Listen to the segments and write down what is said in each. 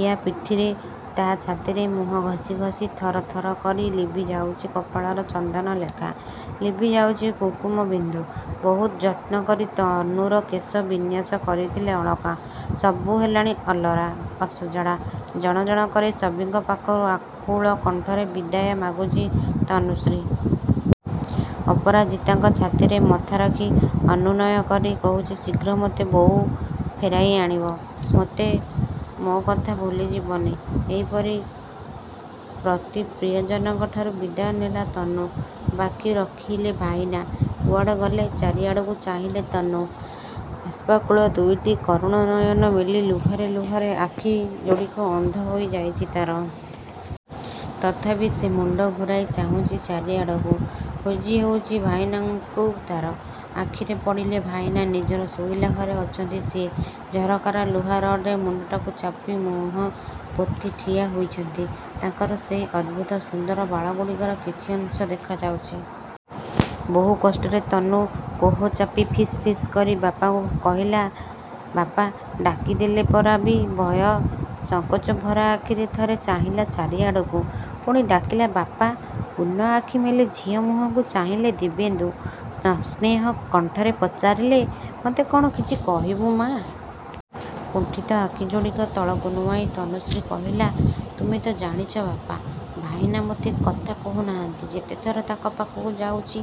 ଇଆ ପିଠିରେ, ତା' ଛାତିରେ ମୁହଁ ଘସି ଘସି ଥର ଥର କରି ଲିଭି ଯାଉଛି କପାଳର ଚନ୍ଦନ ଲେଖା। ଲିଭି ଯାଉଛି କୁଙ୍କୁମ ବିନ୍ଦୁ। ବହୁତ ଯତ୍ନ କରି ତନୁର କେଶ ବିନ୍ୟାସ କରିଥିଲେ ଅଳକା। ସବୁ ହେଲାଣି ଅଲରା, ଅସଜଡ଼ା। ଜଣ ଜଣ କରି ସଭିଙ୍କ ପାଖ ଆକୁଳ କଣ୍ଠରେ ବିଦାୟ ମାଗୁଛି ତନୁଶ୍ରୀ। ଅପରାଜିତାଙ୍କ ଛାତିରେ ମଥା ରଖି ଅନୁନୟ କରି କହୁଛି ଶୀଘ୍ର ମୋତେ ବୋଉ ଫେରାଇ ଆଣିବ। ମୋତେ ମୋ କଥା ଭୁଲି ଯିବନି। ଏହିପରି ପ୍ରତି ପ୍ରିୟଜନଙ୍କଠାରୁ ବିଦାୟ ନେଲା ତନୁ। ବାକି ରଖିଲେ ଭାଇନା। କୁଆଡ଼େ ଗଲେ, ଚାରିଆଡ଼କୁ ଚାହିଁଲେ ତନୁ। ବାଷ୍ପାକୁଳ ଦୁଇଟି କରୁଣ ନୟନ ମେଲି ଲୁହରେ ଲୁହରେ ଆଖି ଯୋଡ଼ିକ ଅନ୍ଧ ହୋଇ ଯାଇଛି ତା'ର। ତଥାପି ସେ ମୁଣ୍ଡ ଘୂରାଇ ଚାହୁଁଛି ଚାରିଆଡ଼କୁ। ଖୋଜି ହେଉଛି ଭାଇନାଙ୍କୁ ତା'ର। ଆଖିରେ ପଡ଼ିଲେ ଭାଇନା। ନିଜର ଶୋଇଲା ଘରେ ଅଛନ୍ତି ସିଏ। ଝରକାର ଲୁହା ରଡ୍‌ରେ ମୁଣ୍ଡଟାକୁ ଚାପି ମୁହଁ ପୋତି ଠିଆ ହୋଇଛନ୍ତି। ତାଙ୍କର ସେଇ ଅଦ୍ଭୁତ ସୁନ୍ଦର ବାଳଗୁଡ଼ିକର କିଛି ଅଂଶ ଦେଖାଯାଉଛି। ବହୁ କଷ୍ଟରେ ତନୁ କୋହ ଚାପି ଫିସ୍ ଫିସ୍ କରି ବାପାଙ୍କୁ କହିଲା, ବାପା! ଡାକିଦେଲେ ପରେ ବି ଭୟ ସଂକୋଚ ଭରା ଆଖିରେ ଥରେ ଚାହିଁଲା ଚାରିଆଡ଼କୁ। ପୁଣି ଡାକିଲା ବାପା ପୂର୍ଣ୍ଣ ଆଖି ମେଲି ଝିଅ ମୁହଁକୁ ଚାହିଁଲେ ଦିବ୍ୟେନ୍ଦୁ। ସସ୍ନେହ କଣ୍ଠରେ ପଚାରିଲେ ମତେ କ'ଣ କିଛି କହିବୁ ମାଆ? କୁଣ୍ଠିତ ଆଖି ଯୋଡ଼ିକ ତଳକୁ ନୁଆଁଇ ତନୁଶ୍ରୀ କହିଲା ତୁମେ ତ ଜାଣିଛ ବାପା, ଭାଇନା ମୋତେ କଥା କହୁ ନାହାନ୍ତି। ଯେତେଥର ତାଙ୍କ ପାଖକୁ ଯାଉଛି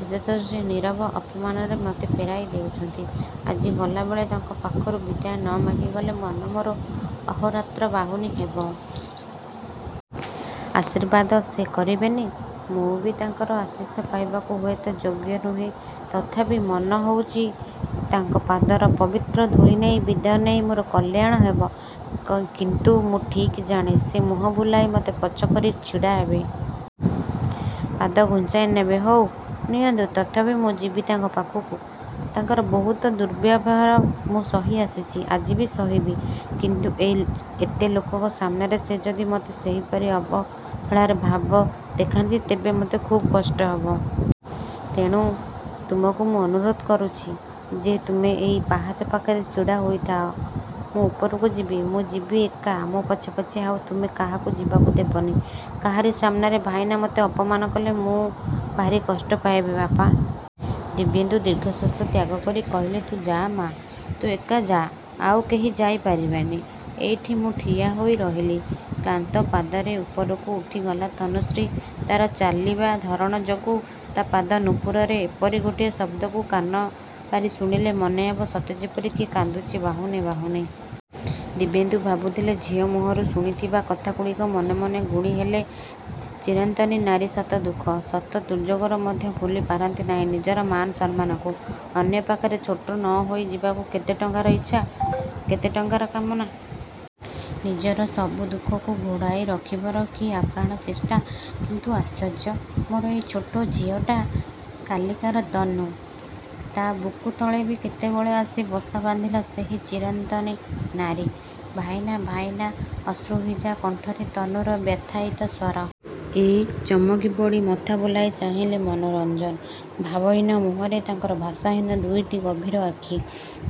ସେତେଥର ସେ ନୀରବ ଅପମାନରେ ମତେ ଫେରାଇ ଦେଇଛନ୍ତି। ଆଜି ଗଲା ବେଳେ ତାଙ୍କ ପାଖରୁ ବିଦାୟ ନ ମାଗି ଗଲେ ମନ ମୋର ଅହୋରାତ୍ର ବାହୁନି ହେବ। ଆଶୀର୍ବାଦ ସେ କରିବେନି। ମୁଁ ବି ତାଙ୍କର ଆଶୀଷ ପାଇବାକୁ ହୁଏତ ଯୋଗ୍ୟ ନୁହେଁ। ତଥାପି ମନ ହଉଚି ତାଙ୍କ ପାଦର ପବିତ୍ର ଧୂଳି ନେଇ ବିଦାୟ ନେଇ ମୋର କଲ୍ୟାଣ ହେବ। କ କିନ୍ତୁ ମୁଁ ଠିକ୍ ଜାଣେ ସେ ମୁହଁ ବୁଲାଇ ମତେ ପଛ କରି ଛିଡ଼ା ହେବେ। ପାଦ ଘୁଞ୍ଚାଇ ନେବେ। ହଉ ନିଅନ୍ତୁ। ତଥାପି ମୁଁ ଯିବି ତାଙ୍କ ପାଖୁକୁ। ତାଙ୍କର ବହୁତ ଦୁର୍ବ୍ୟବହାର ମୁଁ ସହି ଆସିଚି। ଆଜି ବି ସହିବି। କିନ୍ତୁ ଏଇ ଏତେ ଲୋକଙ୍କ ସାମନାରେ ସେ ଯଦି ମତେ ସେହିପରି ଅବହେଳାରେ ଭାବ ଦେଖାନ୍ତି ତେବେ ମତେ ଖୁବ୍ କଷ୍ଟ ହବ। ତେଣୁ ତୁମକୁ ମୁଁ ଅନୁରୋଧ କରୁଛି ଯେ ତୁମେ ଏଇ ପାହାଚ ପାଖରେ ଛିଡ଼ା ହୋଇଥାଅ। ମୁଁ ଉପରକୁ ଯିବି। ମୁଁ ଯିବି ଏକା। ମୋ ପଛେ ପଛେ ଆଉ ତୁମେ କାହାକୁ ଯିବାକୁ ଦେବନି। କାହାରି ସାମନାରେ ଭାଇନା ମୋତେ ଅପମାନ କଲେ ମୁଁ ଭାରି କଷ୍ଟ ପାଇବି, ବାପା। ଦିବ୍ୟେନ୍ଦୁ ଦୀର୍ଘଶ୍ୱାସ ତ୍ୟାଗ କରି କହିଲେ ତୁ ଯା ମାଆ, ତୁ ଏକା ଯାଆ। ଆଉ କେହି ଯାଇ ପାରିବେନି। ଏଇଠି ମୁଁ ଠିଆ ହୋଇ ରହିଲି। କ୍ଳାନ୍ତ ପାଦରେ ଉପରକୁ ଉଠି ଗଲା ତନୁଶ୍ରୀ। ତା'ର ଚାଲିବା ଧରଣ ଯୋଗୁଁ ତା' ପାଦ ନୂପୁରରେ ଏପରି ଗୋଟିଏ ଶବ୍ଦକୁ କାନ ପାରି ଶୁଣିଲେ ମନେ ହେବ ସତେଯେପରି କିଏ କାନ୍ଦୁଛି ବାହୁନି ବାହୁନି। ଦିବ୍ୟେନ୍ଦୁ ଭାବୁଥିଲେ ଝିଅ ମୁହଁରୁ ଶୁଣିଥିବା କଥାଗୁଡ଼ିକ। ମନେ ମନେ ଗୁଣି ହେଲେ, ଚିରନ୍ତନୀ ନାରୀ ଶତ ଦୁଃଖ, ଶତ ଦୁର୍ଯୋଗରେ ମଧ୍ୟ ଭୁଲି ପାରନ୍ତି ନାହିଁ ନିଜର ମାନସମ୍ମାନକୁ। ଅନ୍ୟ ପାଖରେ ଛୋଟ ନ ହୋଇ ଯିବାକୁ କେତେ ଟଙ୍କାର ଇଚ୍ଛା, କେତେ ଟଙ୍କାର କାମନା। ନିଜର ସବୁ ଦୁଃଖକୁ ଘୋଡ଼ାଇ ରଖିବାର କି ଆପ୍ରାଣ ଚେଷ୍ଟା! କିନ୍ତୁ ଆଶ୍ଚର୍ଯ୍ୟ! ମୋର ଏଇ ଛୋଟ ଝିଅଟା। କାଲିକାର ତନୁ ତା' ବୁକୁ ତଳେ ବି କେତେବେଳେ ଆସି ବସା ବାନ୍ଧିଲା ସେହି ଚିରନ୍ତନୀ ନାରୀ। ଭାଇନା ଭାଇନା। ଅଶ୍ରୁଭିଜା କଣ୍ଠରେ ତନୁର ବ୍ୟଥାୟିତ ସ୍ୱର। ଏ, ଚମକି ପଡ଼ି ମଥା ବୁଲାଇ ଚାହିଁଲେ ମନୋରଞ୍ଜନ। ଭାବହୀନ ମୁହଁରେ ତାଙ୍କର ଭାଷାହୀନ ଦୁଇଟି ଗଭୀର ଆଖି।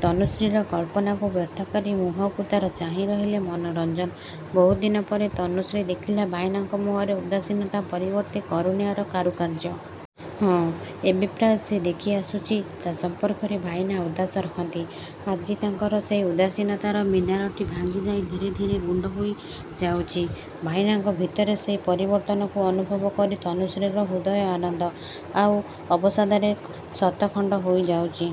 ତନୁଶ୍ରୀର କଳ୍ପନାକୁ ବ୍ୟର୍ଥ କରି ମୁହଁକୁ ତା'ର ଚାହିଁ ରହିଲେ ମନୋରଞ୍ଜନ। ବହୁଦିନ ପରେ ତନୁଶ୍ରୀ ଦେଖିଲା ଭାଇନାଙ୍କ ମୁହଁରେ ଉଦାସୀନତା ପରିବର୍ତ୍ତେ କାରୁଣ୍ୟର କରୁକାର୍ଯ୍ୟ। ହଁ, ଏବେ ପ୍ରାୟ ସେ ଦେଖି ଆସୁଛି ତା' ସମ୍ପର୍କରେ ଭାଇନା ଉଦାସ ରହନ୍ତି। ଆଜି ତାଙ୍କର ସେଇ ଉଦାସୀନତାର ମିନାରଟି ଭାଙ୍ଗି ଯାଇ ଧୀରେ ଧୀରେ ଗୁଣ୍ଡ ହୋଇ ଯାଉଛି। ଭାଇନାଙ୍କ ଭିତରେ ସେଇ ପରିବର୍ତ୍ତନକୁ ଅନୁଭବ କରି ତନୁଶ୍ରୀର ହୃଦୟ ଆନନ୍ଦ, ଆଉ ଅବସାଦରେ ଶତଖଣ୍ଡ ହୋଇ ଯାଉଛି।